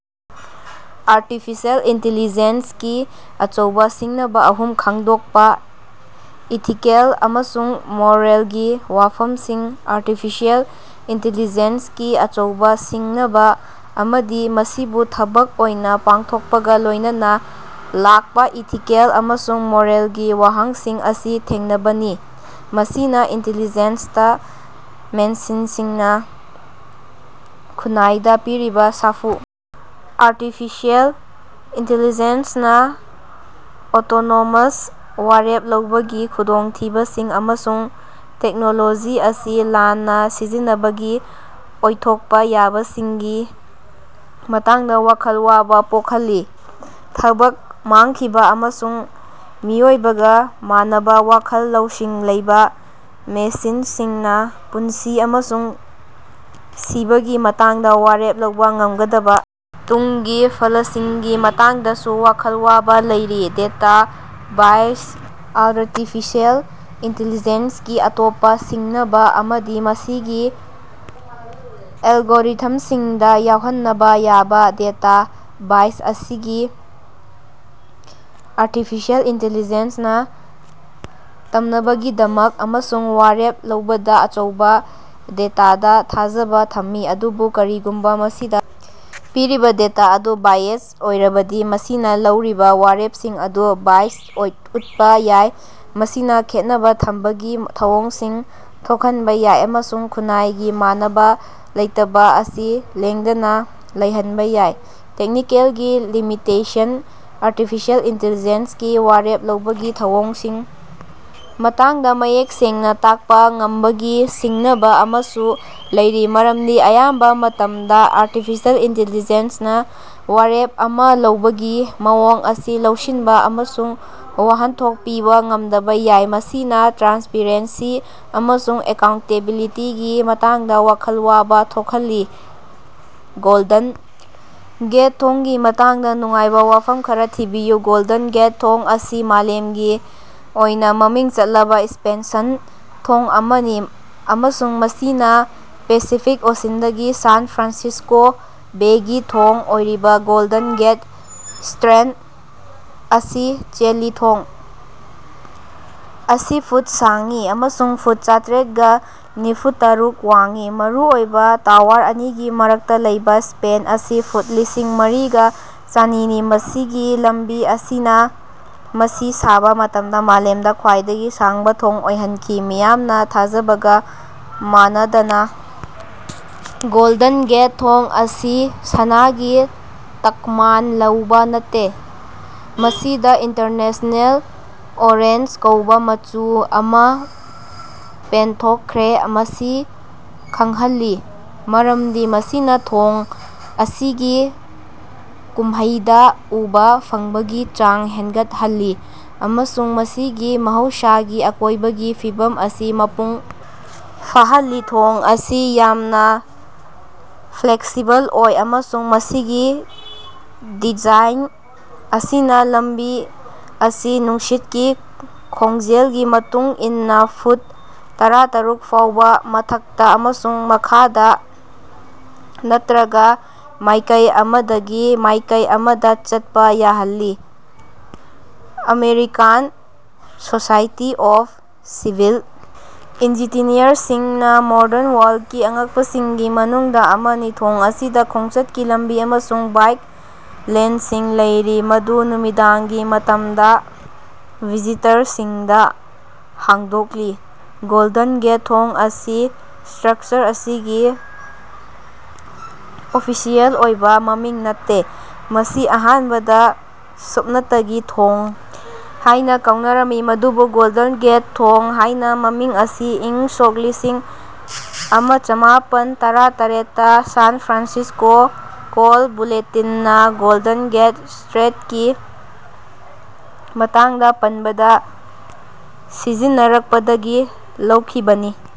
Artificial ꯏꯟꯇꯦꯂꯤꯖꯦꯟꯁꯀꯤ ꯑꯆꯧꯕ ꯁꯤꯡꯅꯕ ꯑꯍꯨꯝ ꯈꯪꯗꯣꯛꯄꯥ꯫ ꯏꯊꯤꯀꯦꯜ ꯑꯃꯁꯨꯡ ꯃꯣꯔꯦꯜꯒꯤ ꯋꯥꯐꯝꯁꯤꯡ ꯑꯔꯇꯤꯐꯤꯑꯦꯜ ꯏꯟꯇꯦꯂꯤꯖꯦꯟꯁꯀꯤ ꯑꯆꯧꯕ ꯁꯤꯡꯅꯕ ꯑꯃꯗꯤ ꯃꯁꯤꯕꯨ ꯊꯕꯛ ꯑꯣꯏꯅ ꯄꯥꯡꯊꯣꯛꯄꯒꯥ ꯂꯣꯏꯅꯅꯥ ꯂꯥꯛꯄꯥ ꯏꯊꯤꯀꯦꯜ ꯑꯃꯁꯨꯡ ꯃꯣꯔꯦꯜꯒꯤ ꯋꯥꯍꯪꯁꯤꯡ ꯑꯁꯤ ꯊꯦꯡꯅꯕꯅꯤ꯫ ꯃꯁꯤꯅꯥ ꯏꯟꯇꯦꯂꯤꯖꯦꯟꯇ ꯃꯦꯁꯤꯟꯁꯤꯡꯅꯥ ꯈꯨꯟꯅꯥꯏꯗ ꯄꯤꯔꯤꯕ ꯁꯥꯐꯨ ꯑꯔꯇꯤꯐꯤꯁꯦꯜ ꯏꯟꯇꯦꯂꯤꯖꯦꯟꯁꯅꯥ ꯑꯣꯇꯣꯅꯣꯃꯁ ꯋꯥꯔꯦꯞ ꯂꯧꯕꯒꯤ ꯈꯨꯗꯣꯡꯊꯤꯕꯁꯤꯡ, ꯑꯃꯁꯨꯡ ꯇꯦꯛꯅꯣꯂꯣꯖꯤ ꯑꯁꯤ ꯂꯥꯟꯅꯥ ꯁꯤꯖꯤꯟꯅꯕꯒꯤ ꯑꯣꯏꯊꯣꯛꯄꯥ ꯌꯥꯕꯁꯤꯡꯒꯤ ꯃꯇꯥꯡꯗꯥ ꯋꯥꯈꯜ ꯋꯥꯕ ꯄꯣꯛꯍꯜꯂꯤ꯫ ꯊꯕꯛ ꯃꯥꯡꯈꯤꯕ ꯑꯃꯁꯨꯡ ꯃꯤꯑꯣꯏꯕꯒꯥ ꯃꯥꯟꯅꯕ ꯋꯥꯈꯜ ꯂꯧꯁꯤꯡ ꯂꯩꯕ ꯃꯦꯁꯤꯟꯁꯤꯡꯅꯥ ꯄꯨꯟꯁꯤ ꯑꯃꯁꯨꯡ ꯁꯤꯕꯒꯤ ꯃꯇꯥꯡꯗ ꯋꯥꯔꯦꯞ ꯂꯧꯕ ꯉꯝꯒꯗꯕ ꯇꯨꯡꯒꯤ ꯐꯂꯁꯤꯡꯒꯤ ꯃꯇꯥꯡꯗꯁꯨ ꯋꯥꯈꯜ ꯋꯥꯕꯥ ꯂꯩꯔꯤ꯫ ꯗꯦꯇꯥ ꯕꯥꯏꯁ ꯑꯥꯜꯔꯇꯤꯐꯤꯑꯦꯜ ꯏꯟꯇꯦꯂꯤꯖꯦꯟꯁꯀꯤ ꯑꯇꯣꯞꯄꯥ ꯁꯤꯡꯅꯕꯥ ꯑꯃꯗꯤ ꯃꯁꯤꯒꯤ ꯑꯦꯂꯒꯣꯔꯤꯊꯝꯁꯤꯡꯗꯥ ꯌꯥꯎꯍꯟꯅꯕ ꯌꯥꯕ ꯗꯦꯇꯥ ꯕꯥꯏꯁ ꯑꯁꯤꯅꯤ꯫ ꯑꯔꯇꯤꯐꯤꯁꯦꯜ ꯏꯟꯇꯦꯂꯤꯖꯦꯟꯅꯥ ꯇꯝꯅꯕꯒꯤꯗꯃꯛ ꯑꯃꯁꯨꯡ ꯋꯥꯔꯦꯞ ꯂꯧꯕꯗꯥ ꯑꯆꯧꯕ ꯗꯦꯇꯥꯗꯥ ꯊꯥꯖꯕ ꯊꯝꯃꯤ, ꯑꯗꯨꯕꯨ ꯀꯔꯤꯒꯨꯝꯕ ꯃꯁꯤꯗꯥ ꯄꯤꯔꯤꯕ ꯗꯦꯇꯥ ꯑꯗꯨ ꯕꯥꯏꯑꯦꯖ ꯑꯣꯏꯔꯕꯗꯤ, ꯃꯁꯤꯅꯥ ꯂꯧꯔꯤꯕ ꯋꯥꯔꯦꯞꯁꯤꯡ ꯑꯗꯨ ꯕꯥꯏꯁ ꯎꯠꯄꯥ ꯌꯥꯏ꯫ ꯃꯁꯤꯅꯥ ꯈꯦꯟꯅꯕ ꯊꯝꯕꯒꯤ ꯊꯧꯑꯣꯡꯁꯤꯡ ꯊꯣꯛꯍꯟꯕꯥ ꯌꯥꯏ ꯑꯃꯁꯨꯡ ꯈꯨꯟꯅꯥꯏꯒꯤ ꯃꯥꯟꯅꯕ ꯂꯩꯇꯕ ꯑꯁꯤ ꯂꯦꯡꯗꯅꯥ ꯂꯩꯍꯟꯕ ꯌꯥꯏ꯫ ꯇꯦꯛꯅꯤꯀꯦꯜꯒꯤ ꯂꯤꯃꯤꯇꯦꯁꯟ ꯑꯔꯇꯤꯐꯤꯁꯦꯜ ꯏꯟꯇꯦꯂꯤꯖꯦꯟꯒꯤ ꯋꯥꯔꯦꯞ ꯂꯧꯕꯒꯤ ꯊꯧꯑꯣꯡꯒꯤ ꯃꯇꯥꯡꯗꯥ ꯃꯌꯦꯛ ꯁꯦꯡꯅꯥ ꯇꯥꯛꯄꯥ ꯉꯝꯕꯒꯤ ꯁꯤꯡꯅꯕ ꯑꯃꯁꯨ ꯂꯩꯔꯤ, ꯃꯔꯝꯗꯤ ꯑꯌꯥꯝꯕ ꯃꯇꯝꯗꯥ ꯑꯔꯇꯤꯐꯤꯁꯦꯜ ꯏꯟꯇꯦꯂꯤꯖꯦꯟꯅꯥ ꯋꯥꯔꯦꯞ ꯑꯃꯥ ꯂꯧꯕꯒꯤ ꯃꯑꯣꯡ ꯑꯁꯤ ꯂꯧꯁꯤꯟꯕ ꯑꯃꯁꯨꯡ ꯋꯥꯍꯟꯊꯣꯛ ꯄꯤꯕ ꯉꯝꯗꯕꯥ ꯌꯥꯏ, ꯃꯁꯤꯅꯥ ꯇ꯭ꯔꯥꯟꯁꯄꯔꯦꯟꯁꯤ ꯑꯃꯁꯨꯡ ꯑꯦꯀꯥꯎꯟꯇꯦꯕꯤꯂꯤꯇꯤꯒꯤ ꯃꯇꯥꯡꯗꯥ ꯋꯥꯈꯜ ꯋꯥꯕ ꯊꯣꯛꯍꯜꯂꯤ꯫ ꯒꯣꯜꯗꯟ ꯒꯦꯠ ꯊꯣꯡꯒꯤ ꯃꯇꯥꯡꯗꯥ ꯅꯨꯡꯉꯥꯏꯕ ꯋꯥꯐꯝ ꯈꯔꯥ ꯊꯤꯕꯤꯌꯨ꯫ ꯒꯣꯜꯗꯟ ꯒꯦꯠ ꯊꯣꯡ ꯑꯁꯤ ꯃꯥꯂꯦꯝꯒꯤ ꯑꯣꯏꯅ ꯃꯃꯤꯡ ꯆꯠꯂꯕ ꯁꯁ꯭ꯄꯦꯟꯁꯟ ꯊꯣꯡ ꯑꯃꯅꯤ ꯑꯃꯁꯨꯡ ꯃꯁꯤꯅꯥ ꯄꯦꯁꯤꯐꯤꯛ ꯑꯣꯁꯤꯟꯗꯒꯤ ꯁꯥꯟ ꯐ꯭ꯔꯥꯟꯁꯤꯁ꯭ꯀꯣ ꯕꯦꯒꯤ ꯊꯣꯡ ꯑꯣꯏꯔꯤꯕ ꯒꯣꯜꯗꯟ ꯒꯦꯠ ꯁ꯭ꯠꯔꯦꯠ ꯑꯁꯤ ꯆꯦꯜꯂꯤ꯫ ꯊꯣꯡ ꯑꯁꯤ ꯐꯨꯠ ꯁꯥꯡꯏ ꯑꯃꯁꯨꯡ ꯐꯨꯠ ꯆꯥꯇꯔꯦꯠꯒ ꯅꯤꯐꯨꯇꯥꯔꯨꯛ ꯋꯥꯡꯏ꯫ ꯃꯔꯨꯑꯣꯏꯕ ꯇꯋꯥꯔ ꯑꯅꯤꯒꯤ ꯃꯔꯛꯇ ꯂꯩꯕ ꯁ꯭ꯄꯦꯟ ꯑꯁꯤ ꯐꯨꯠ ꯂꯤꯁꯤꯡ ꯃꯔꯤꯒ ꯆꯥꯅꯤꯅꯤ ꯃꯁꯤꯒꯤ ꯂꯝꯕꯤ ꯑꯁꯤꯅꯥ ꯃꯁꯤ ꯁꯥꯕ ꯃꯇꯝꯗ ꯃꯥꯂꯦꯝꯗ ꯈ꯭ꯋꯥꯏꯗꯒꯤ ꯁꯥꯡꯕ ꯊꯣꯡ ꯑꯣꯏꯍꯟꯈꯤ꯫ ꯃꯤꯌꯥꯝꯅꯥ ꯊꯥꯖꯕꯒ ꯃꯥꯟꯅꯗꯅꯥ, ꯒꯣꯜꯗꯟ ꯒꯦꯠ ꯊꯣꯡ ꯑꯁꯤ ꯁꯅꯥꯒꯤ ꯇꯛꯃꯥꯟ ꯂꯧꯕ ꯅꯠꯇꯦ꯫ ꯃꯁꯤꯗꯥ ꯏꯟꯇꯔꯅꯦꯁ꯭ꯅꯦꯜ ꯑꯣꯔꯦꯟꯖ ꯀꯧꯕ ꯃꯆꯨ ꯑꯃꯥ ꯄꯦꯟꯊꯣꯛꯈ꯭ꯔꯦ ꯃꯁꯤ ꯈꯪꯍꯜꯂꯤ ꯃꯔꯝꯗꯤ ꯃꯁꯤꯅꯥ ꯊꯣꯡ ꯑꯁꯤꯒꯤ ꯀꯨꯝꯍꯩꯗꯥ ꯎꯕꯥ ꯐꯪꯕꯒꯤ ꯆꯥꯡ ꯍꯦꯟꯒꯠꯍꯜꯂꯤ ꯑꯃꯁꯨꯡ ꯃꯁꯤꯒꯤ ꯃꯍꯧꯁꯥꯒꯤ ꯑꯀꯣꯏꯕꯒꯤ ꯐꯤꯕꯝ ꯑꯁꯤ ꯃꯄꯨꯡ ꯐꯥꯍꯜꯂꯤ꯫ ꯊꯣꯡ ꯑꯁꯤ ꯌꯥꯝꯅ ꯐ꯭ꯂꯦꯛꯁꯤꯕꯜ ꯑꯣꯏ ꯑꯃꯁꯨꯡ ꯃꯁꯤꯒꯤ ꯗꯤꯖꯥꯏꯟ ꯑꯁꯤꯅꯥ ꯂꯝꯕꯤ ꯑꯁꯤ ꯅꯨꯡꯁꯤꯠꯀꯤ ꯈꯣꯡꯖꯦꯜꯒꯤ ꯃꯇꯨꯡ ꯏꯟꯅꯥ ꯐꯨꯠ ꯇꯔꯥꯇꯥꯔꯨꯛ ꯐꯥꯎꯕ ꯃꯊꯛꯇꯥ ꯑꯃꯁꯨꯡ ꯃꯈꯥꯗꯥ ꯅꯠꯇ꯭ꯔꯒ ꯃꯥꯏꯀꯩ ꯑꯃꯗꯒꯤ ꯃꯥꯏꯀꯩ ꯑꯃꯗꯥ ꯆꯠꯄ ꯌꯥꯍꯜꯂꯤ꯫ ꯑꯃꯦꯔꯤꯀꯥꯟ ꯁꯣꯁꯥꯏꯇꯤ ꯑꯣꯐ ꯁꯤꯚꯤꯜ ꯏꯟꯖꯤꯅꯤꯌꯔꯁꯤꯡꯅꯥ ꯃꯣꯗꯔꯟ ꯋꯥꯔꯜꯗꯀꯤ ꯑꯉꯛꯄꯁꯤꯡꯒꯤ ꯃꯅꯨꯡꯗꯥ ꯑꯃꯅꯤ꯫ ꯊꯣꯡ ꯑꯁꯤꯗꯥ ꯈꯣꯡꯆꯠꯀꯤ ꯂꯝꯕꯤ ꯑꯃꯁꯨꯡ ꯕꯥꯏꯛ ꯂꯦꯟꯁꯤꯡ ꯂꯩꯔꯤ ꯃꯗꯨ ꯅꯨꯃꯤꯗꯥꯡꯒꯤ ꯃꯇꯝꯗꯥ ꯚꯤꯖꯤꯇꯔꯁꯤꯡꯗꯥ ꯍꯥꯡꯗꯣꯛꯂꯤ꯫ ꯒꯣꯜꯗꯟ ꯒꯦꯠ ꯊꯣꯡ ꯑꯁꯤ ꯁ꯭ꯠꯔꯀꯆꯔ ꯑꯁꯤꯒꯤ ꯑꯣꯐꯤꯁꯤꯑꯦꯜ ꯑꯣꯏꯕ ꯃꯃꯤꯡ ꯅꯠꯇꯦ꯫ ꯃꯁꯤ ꯑꯍꯥꯟꯕꯗꯥ ꯁꯨꯞꯅꯇꯒꯤ ꯊꯣꯡ ꯍꯥꯏꯅ ꯀꯧꯅꯔꯝꯃꯤ ꯑꯗꯨꯕꯨ ꯒꯣꯜꯗꯟ ꯒꯦꯠ ꯊꯣꯡ ꯍꯥꯏꯅꯥ ꯃꯃꯤꯡ ꯑꯁꯤ ꯏꯪ ꯁꯣꯛ ꯂꯤꯁꯤꯡ ꯑꯃꯥꯆꯥꯃꯥꯄꯟ ꯇꯔꯥꯇꯔꯦꯠꯇꯥ ꯁꯥꯟ ꯐ꯭ꯔꯥꯟꯁꯤꯁ꯭ꯀꯣ ꯀꯣꯜ ꯕꯨꯂꯦꯠꯇꯤꯟꯅꯥ ꯒꯣꯜꯗꯟ ꯒꯦꯠ ꯁ꯭ꯠꯔꯦꯠꯀꯤ ꯃꯇꯥꯡꯗꯥ ꯄꯟꯕꯗꯥ ꯁꯤꯖꯤꯟꯅꯔꯛꯄꯗꯒꯤ ꯂꯧꯈꯤꯕꯅꯤ꯫